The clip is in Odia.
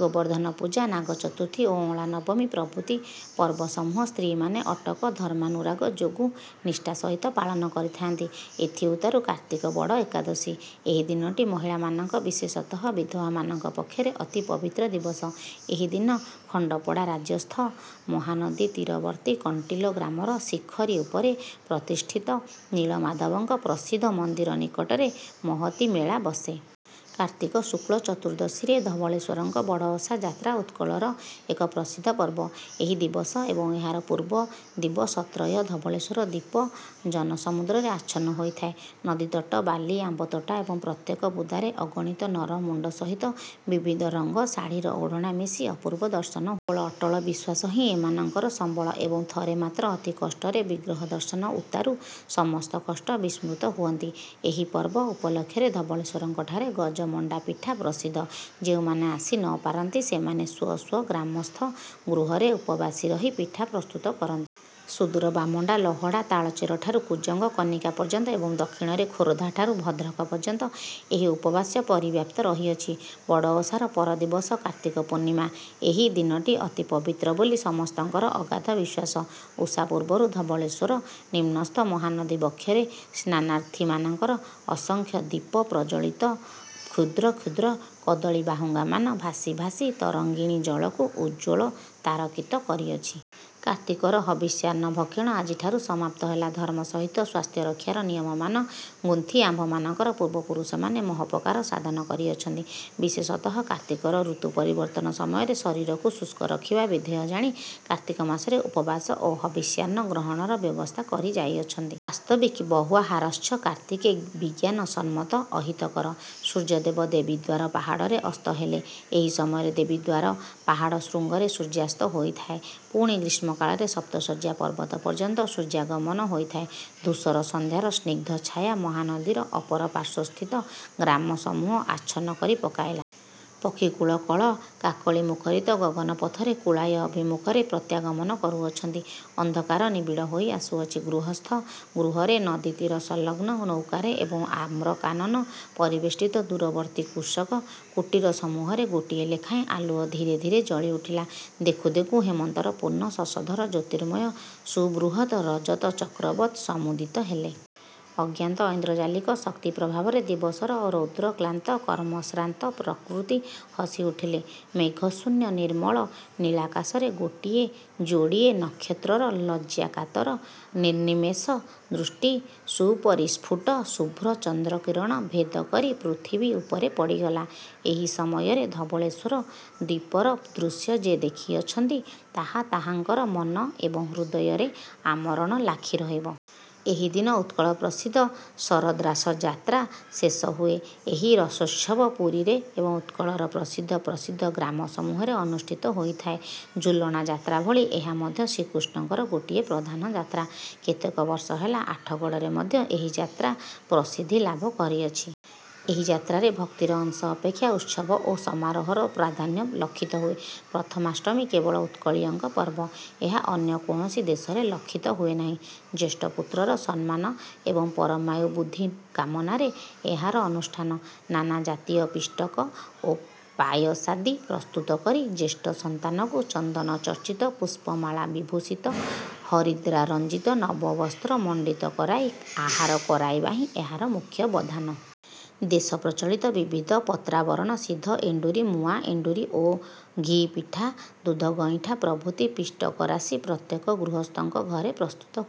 ଗୋବର୍ଦ୍ଧନପୂଜା, ନାଗଚତୁର୍ଥୀ ଓ ଅଁଳାନବମୀ ପ୍ରଭୃତି ପର୍ବସମୂହ ସ୍ତ୍ରୀମାନେ ଅଟକ ଧର୍ମାନୁରାଗ ଯୋଗୁଁ ନିଷ୍ଠା ସହିତ ପାଳନ କରିଥାନ୍ତି। ଏଥିଉତ୍ତାରୁ କାର୍ତ୍ତିକ ବଡ଼ ଏକାଦଶୀ। ଏହି ଦିନଟି ମହିଳାମାନଙ୍କ, ବିଶେଷତଃ ବିଧବାମାନଙ୍କ ପକ୍ଷରେ ଅତି ପବିତ୍ର ଦିବସ। ଏହି ଦିନ ଖଣ୍ଡପଡ଼ାରାଜ୍ୟସ୍ଥ ମହାନଦୀତୀରବର୍ତ୍ତୀ କଣ୍ଟିଲୋ ଗ୍ରାମର ଶିଖରୀ ଉପରେ ପ୍ରତିଷ୍ଠିତ ନୀଳମାଧବଙ୍କ ପ୍ରସିଦ୍ଧ ମନ୍ଦିର ନିକଟରେ ମହତୀ ମେଳା ବସେ। କାର୍ତ୍ତିକ ଶୁକ୍ଳ ଚତୁର୍ଦଶୀରେ ଧବଳେଶ୍ୱରଙ୍କ ବଡ଼ଓଷା ଯାତ୍ରା ଉତ୍କଳର ଏକ ପ୍ରସିଦ୍ଧ ପର୍ବ-। ଏହି ଦିବସ ଏବଂ ଏହାର ପୂର୍ବ ଦିବସତ୍ରୟ ଧବଳେଶ୍ୱର ଦ୍ୱୀପ ଜନସମୁଦ୍ରରେ ଆଚ୍ଛନ୍ନ ହୋଇଥାଏ। ନଦୀତଟ, ବାଲି, ଆମ୍ୱତୋଟା ଏବଂ ପ୍ରତ୍ୟେକ ବୁଦାରେ ଅଗଣିତ ନର-ମୁଣ୍ଡ ସହିତ ବିବିଧ ରଙ୍ଗ ଶାଢ଼ୀର ଓଢ଼ଣା ମିଶି ଅପୂର୍ବ ଦର୍ଶନ କେବଳ ଅଟଳ ବିଶ୍ୱାସ ହିଁ ଏମାନଙ୍କର ସମ୍ୱଳ ଏବଂ ଥରେ ମାତ୍ର ଅତି କଷ୍ଟରେ ବିଗ୍ରହ ଦର୍ଶନ ଉତ୍ତାରୁ ସମସ୍ତ କଷ୍ଟ ବିସ୍ମୃତ ହୁଅନ୍ତି। ଏହି ପର୍ବ ଉପଲକ୍ଷରେ ଧବଳେଶ୍ୱରଙ୍କଠାରେ ଗଜମଣ୍ଡା ପିଠା ପ୍ରସିଦ୍ଧ। ଯେଉଁମାନେ ଆସି ନ ପାରନ୍ତି, ସେମାନେ ସ୍ୱ ସ୍ୱ ଗ୍ରାମସ୍ଥ ଗୃହରେ ଉପବାସୀ ରହି ପିଠା ପ୍ରସ୍ତୁତ କରନ୍ ସୁଦୂର ବାମଣ୍ଡା, ଲହଡ଼ା, ତାଳଚେରଠାରୁ କୁଜଙ୍ଗ, କନିକା ପର୍ଯ୍ୟନ୍ତ ଏବଂ ଦକ୍ଷିଣରେ ଖୋରଧାଠାରୁ ଭଦ୍ରଖ ପର୍ଯ୍ୟନ୍ତ ଏହି ଉପବାସ ପରିବ୍ୟାପ୍ତ ରହିଅଛି। ବଡ଼ଓଷାର ପର ଦିବସ କାର୍ତ୍ତିକ ପୂର୍ଣ୍ଣିମା। ଏହି। ଦିନଟି ଅତି ପବିତ୍ର ବୋଲି ସମସ୍ତଙ୍କର ଅଗାଧ ବିଶ୍ୱାସ। ଉଷା ପୂର୍ବରୁ ଧବଳେଶ୍ୱର ନିମ୍ନସ୍ଥ ମହାନଦୀ ବକ୍ଷରେ ସ୍ନାନାର୍ଥିମାନଙ୍କର ଅସଂଖ୍ୟ ଦୀପ ପ୍ରଜ୍ୱଳିତ କ୍ଷୁଦ୍ର କ୍ଷୁଦ୍ର କଦଳୀବାହୁଙ୍ଗାମାନ ଭାସି ଭାସି ତରଙ୍ଗିଣୀ ଜଳକୁ ଉଜ୍ଜ୍ୱଳ ତାରକିତ କରିଅଛି। କାର୍ତ୍ତିକର ହବିଷ୍ୟାନ୍ନଭକ୍ଷଣ ଆଜିଠାରୁ ସମାପ୍ତ ହେଲା। ଧର୍ମ ସହିତ ସ୍ୱାସ୍ଥ୍ୟରକ୍ଷାର ନିୟମମାନ ଗୁନ୍ଥି ଆମ୍ଭମାନଙ୍କର ପୂର୍ବପୁରୁଷମାନେ ମହୋପକାର ସାଧନ କରିଅଛନ୍ତି। ବିଶେଷତଃ କାର୍ତ୍ତିକର ଋତୁ ପରିବର୍ତ୍ତନ ସମୟରେ ଶରୀରକୁ ଶୁଷ୍କ ରଖିବା ବିଧେୟ ଜାଣି, କାର୍ତ୍ତିକ ମାସରେ ଉପବାସ ଓ ହବିଷ୍ୟାନ୍ନ ଗ୍ରହଣର ବ୍ୟବସ୍ଥା କରି ଯାଇଅଛନ୍ତି। ବାସ୍ତବିକ ବହ୍ୱାହାରଶ୍ଚ କାର୍ତ୍ତିକେ ବିଜ୍ଞାନସମ୍ମତ ଅହିତକର। ସୂର୍ଯ୍ୟଦେବ ଦେବୀଦ୍ୱାର ପାହାଡ଼ରେ ଅସ୍ତ ହେଲେ। ଏହି ସମୟରେ ଦେବୀଦ୍ୱାର ପାହାଡ଼ ଶୃଙ୍ଗରେ ସୂର୍ଯ୍ୟାସ୍ତ ହୋଇଥାଏ। ପୁଣି ଗ୍ରୀଷ୍ମକାଳରେ ସପ୍ତଶଯ୍ୟା ପର୍ବତ ପର୍ଯ୍ୟନ୍ତ ସୂର୍ଯ୍ୟାଗମନ ହୋଇଥାଏ। ଧୂସର ସନ୍ଧ୍ୟାର ସ୍ନିଗ୍ଧ ଛାୟା ମହାନଦୀର ଅପର ପାର୍ଶ୍ୱସ୍ଥିତ ଗ୍ରାମସମୂହ ଆଚ୍ଛନ୍ନ କରି ପକାଇଲା। ପକ୍ଷିକୁଳ କଳ କାକଳିମୁଖରିତ ଗଗନପଥରେ କୁଳାୟ ଅଭିମୁଖରେ ପ୍ରତ୍ୟାଗମନ କରୁଅଛନ୍ତି, ଅନ୍ଧକାର ନିବିଡ଼ ହୋଇ ଆସୁଅଛି। ଗୃହସ୍ଥ ଗୃହରେ, ନଦୀତୀରସଂଲଗ୍ନ ନୌକାରେ ଏବଂ ଆମ୍ରକାନନ ପରିବେଷ୍ଟିତ ଦୂରବର୍ତ୍ତୀ କୃଷକ କୁଟୀରସମୂହରେ ଗୋଟିଏ ଲେଖାଏଁ ଆଲୁଅ ଧୀରେ ଧୀରେ ଜଳି ଉଠିଲା। ଦେଖୁଁ ଦେଖୁଁ ହେମନ୍ତର ପୂର୍ଣ୍ଣ ଶଶଧର ଜ୍ୟୋତିର୍ମୟ ସୁବୃହତ୍ ରଜତଚକ୍ରବତ୍ ସମୁଦିତ ହେଲେ। ଅଜ୍ଞାତ ଐନ୍ଦ୍ରଜାଲିକ ଶକ୍ତିପ୍ରଭାବରେ ଦିବସର ରୌଦ୍ରକ୍ଳାନ୍ତ, କର୍ମଶ୍ରାନ୍ତ ପ୍ରକୃତି ହସି ଉଠିଲେ। ମେଘଶୂନ୍ୟ ନିର୍ମଳ ନୀଳାକାଶରେ ଗୋଟିଏ ଯୋଡ଼ିଏ ନକ୍ଷତ୍ରର ଲଜ୍ଜାକାତର ନିର୍ନିମେଷ ଦୃଷ୍ଟି ସୁପରିସ୍ଫୁଟ ଶୁଭ୍ର ଚନ୍ଦ୍ରକିରଣ ଭେଦ କରି ପୃଥିବୀ ଉପରେ ପଡ଼ିଗଲା। ଏହି ସମୟରେ ଧବଳେଶ୍ୱର ଦ୍ୱୀପର ଦୃଶ୍ୟ ଯେ ଦେଖିଅଛନ୍ତି, ତାହା ତାହାଙ୍କର ମନ ଏବଂ ହୃଦୟରେ ଆମରଣ ଲାଖି ରହିବ। ଏହି ଦିନ ଉତ୍କଳପ୍ରସିଦ୍ଧ ଶରଦ୍ରାସ ଯାତ୍ରା ଶେଷ ହୁଏ। ଏହି ରାସୋତ୍ସବ ପୁରୀରେ ଏବଂ ଉତ୍କଳର ପ୍ରସିଦ୍ଧ ପ୍ରସିଦ୍ଧ ଗ୍ରାମସମୂହରେ ଅନୁଷ୍ଠିତ ହୋଇଥାଏ। ଝୁଲଣା ଯାତ୍ରା ଭଳି ଏହା ମଧ୍ୟ ଶ୍ରୀକୃଷ୍ଣଙ୍କର ଗୋଟିଏ ପ୍ରଧାନ ଯାତ୍ରା। କେତେକ ବର୍ଷ ହେଲା ଆଠଗଡ଼ରେ ମଧ୍ୟ ଏହି ଯାତ୍ରା ପ୍ରସିଦ୍ଧି ଲାଭ କରିଅଛି। ଏହି ଯାତ୍ରାରେ ଭକ୍ତିର ଅଂଶ ଅପେକ୍ଷା ଉତ୍ସବ ଓ ସମାରୋହର ପ୍ରଧାନ୍ୟ ଲକ୍ଷିତ ହୁଏ। ପ୍ରଥମାଷ୍ଟମୀ କେବଳ ଉତ୍କଳୀୟଙ୍କ ପର୍ବ। ଏହା ଅନ୍ୟ କୌଣସି ଦେଶରେ ଲକ୍ଷିତ ହୁଏ ନାହିଁ। ଜ୍ୟେଷ୍ଠ ପୁତ୍ରର ସମ୍ମାନ ଏବଂ ପରମାୟୁ ବୁଦ୍ଧି କାମନାରେ ଏହାର ଅନୁଷ୍ଠାନ। ନାନା ଜାତୀୟ ପିଷ୍ଟକ ଓ ପାୟସାଦି ପ୍ରସ୍ତୁତ କରି ଜ୍ୟେଷ୍ଠ ସନ୍ତାନକୁ ଚନ୍ଦନଚର୍ଚ୍ଚିତ, ପୁଷ୍ପମାଳା ବିଭୂଷିତ, ହରିଦ୍ରା ରଞ୍ଜିତ ନବବସ୍ତ୍ର ମଣ୍ଡିତ କରାଇ ଆହାର କରାଇବାହିଁ ଏହାର ମୁଖ୍ୟ ବଧାନ। ଦେଶପ୍ରଚଳିତ ବିବିଧ ପତ୍ରାବରଣ-ସିଦ୍ଧ ଏଣ୍ଡୁରି, ମୁଆଁ ଏଣ୍ଡୁରି ଓ ଘି ପିଠା, ଦୁଧଗଇଁଠା ପ୍ରଭୃତି ପିଷ୍ଟକରାଶି ପ୍ରତ୍ୟେକ ଗୃହସ୍ଥଙ୍କ ଘରେ ପ୍ରସ୍ତୁତ ହୁଏ।